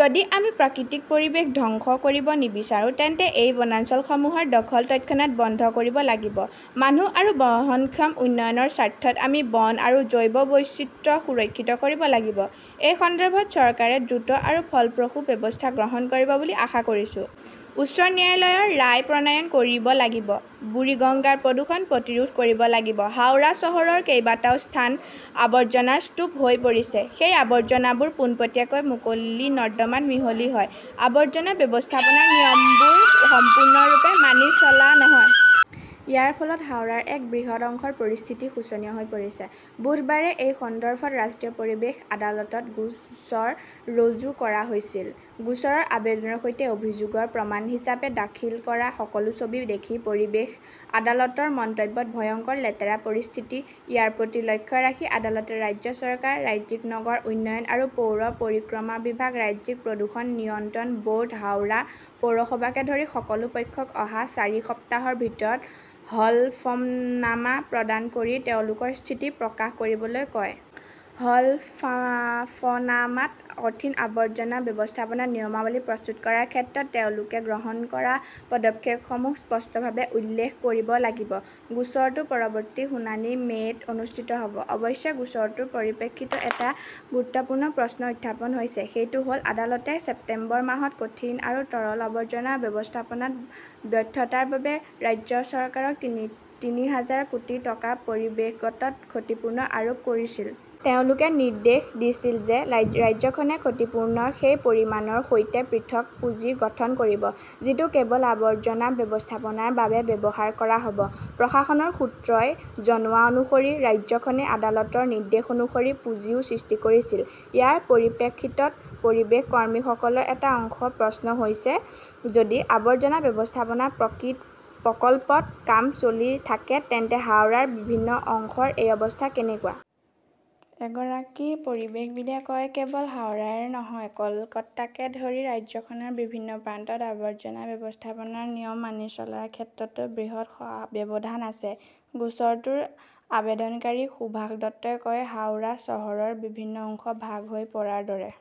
যদি আমি প্ৰাকৃতিক পৰিৱেশ ধ্বংস কৰিব নিবিচাৰো, তেন্তে এই বনাঞ্চলসমূহৰ দখল তৎক্ষণাত বন্ধ কৰিব লাগিব। মানুহ আৰু বহনক্ষম উন্নয়নৰ স্বাৰ্থত আমি বন আৰু জৈৱ বৈচিত্ৰ্য সুৰক্ষিত কৰিব লাগিব। এই সন্দৰ্ভত চৰকাৰে দ্ৰুত আৰু ফলপ্ৰসূ ব্যৱস্থা গ্ৰহণ কৰিব বুলি আশা কৰিছোঁ। উচ্চ ন্যায়ালয়ৰ ৰায় প্ৰণয়ন কৰিব লাগিব বুৰিগঙ্গাৰ প্ৰদূষণ প্ৰতিৰোধ কৰিব লাগিব হাওৰা চহৰৰ কেইবাটাও স্থান আবৰ্জনাৰ স্তূপ হৈ পৰিছে। সেই আৱৰ্জনাবোৰ পোনপটীয়াকৈ মুকলি নৰ্দমাত মিহলি হয়। আৱৰ্জনা ব্যৱস্থাপনাৰ নিয়মবোৰ সম্পূৰ্ণৰূপে মানি চলা নহয়। ইয়াৰ ফলত হাওৰাৰ এক বৃহৎ অংশৰ পৰিস্থিতি শোচনীয় হৈ পৰিছে। বুধবাৰে এই সন্দৰ্ভত ৰাষ্ট্ৰীয় পৰিৱেশ আদালতত গোচৰ ৰুজু কৰা হৈছিল। গোচৰৰ আবেদনৰ সৈতে অভিযোগৰ প্ৰমাণ হিচাপে দাখিল কৰা সকলো ছবি দেখি পৰিৱেশ আদালতৰ মন্তব্যত ভয়ংকৰ, লেতেৰা পৰিস্থিতি, ইয়াৰ প্ৰতি লক্ষ্য ৰাখি আদালতে ৰাজ্য চৰকাৰ, ৰাজ্যিক নগৰ উন্নয়ন আৰু পৌৰ পৰিক্ৰমা বিভাগ, ৰাজ্যিক প্ৰদূষণ নিয়ন্ত্ৰণ ব'ৰ্ড, হাওৰা পৌৰসভাকে ধৰি সকলো পক্ষক অহা চাৰি সপ্তাহৰ ভিতৰত হলফনামা প্ৰদান কৰি তেওঁলোকৰ স্থিতি প্ৰকাশ কৰিবলৈ কয়। হলফনামাত কঠিন আৱৰ্জনা ব্যৱস্থাপনা নিয়মাৱলী প্ৰস্তুত কৰাৰ ক্ষেত্ৰত তেওঁলোকে গ্ৰহণ কৰা পদক্ষেপসমূহ স্পষ্টভাৱে উল্লেখ কৰিব লাগিব। গোচৰটোৰ পৰৱৰ্তী শুনানি মে 'ত অনুষ্ঠিত হ'ব। অৱশ্যে, গোচৰটোৰ পৰিপ্ৰেক্ষিতত এটা গুৰুত্বপূৰ্ণ প্ৰশ্ন উত্থাপন হৈছে। সেইটো হ 'ল, আদালতে ছেপ্টেম্বৰ মাহত কঠিন আৰু তৰল আৱৰ্জনা ব্যৱস্থাপনাত ব্যৰ্থতাৰ বাবে ৰাজ্য চৰকাৰক তিনি হাজাৰ কোটি টকাৰ পৰিৱেশগত ক্ষতিপূৰণ আৰোপ কৰিছিল। তেওঁলোকে নিৰ্দেশ দিছিল যে ৰাজ্যখনে ক্ষতিপূৰণৰ সেই পৰিমাণৰ সৈতে পৃথক পুঁজি গঠন কৰিব। যিটো কেৱল আৱৰ্জনা ব্যৱস্থাপনাৰ বাবে ব্যৱহাৰ কৰা হ'ব। প্ৰশাসনৰ সূত্ৰই জনোৱা অনুসৰি ৰাজ্যখনে আদালতৰ নিৰ্দেশ অনুসৰি পুঁজিও সৃষ্টি কৰিছিল। ইয়াৰ পৰিপ্ৰেক্ষিতত, পৰিৱেশ কৰ্মীসকলৰ এটা অংশৰ প্ৰশ্ন হৈছে, যদি আৱৰ্জনা ব্যৱস্থাপনা প্ৰকল্পত কাম চলি থাকে, তেন্তে হাওৰাৰ বিভিন্ন অংশৰ এই অৱস্থা কেনেকুৱা? এগৰাকী পৰিৱেশবিদে কয়, "কেৱল হাওৰাই নহয়, কলকাতাকে ধৰি ৰাজ্যখনৰ বিভিন্ন প্ৰান্তত আৱৰ্জনা ব্যৱস্থাপনাৰ নিয়ম মানি চলাৰ ক্ষেত্ৰতো বৃহৎ ব্যৱধান আছে।" গোচৰটোৰ আবেদনকাৰী সুভাষ দত্তই কয়, "হাওৰা চহৰৰ বিভিন্ন অংশ ভাগ হৈ পৰাৰ দৰে।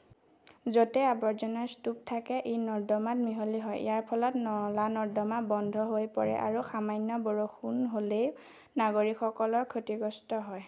য 'তেই আবৰ্জনাৰ স্তূপ থাকে, ই নৰ্দমাত মিহলি হয়। ইয়াৰ ফলত নলা-নৰ্দমা বন্ধ হৈ পৰে আৰু সামান্য বৰষুণ হ'লেও নাগৰিকসকল ক্ষতিগ্ৰস্ত হয়।"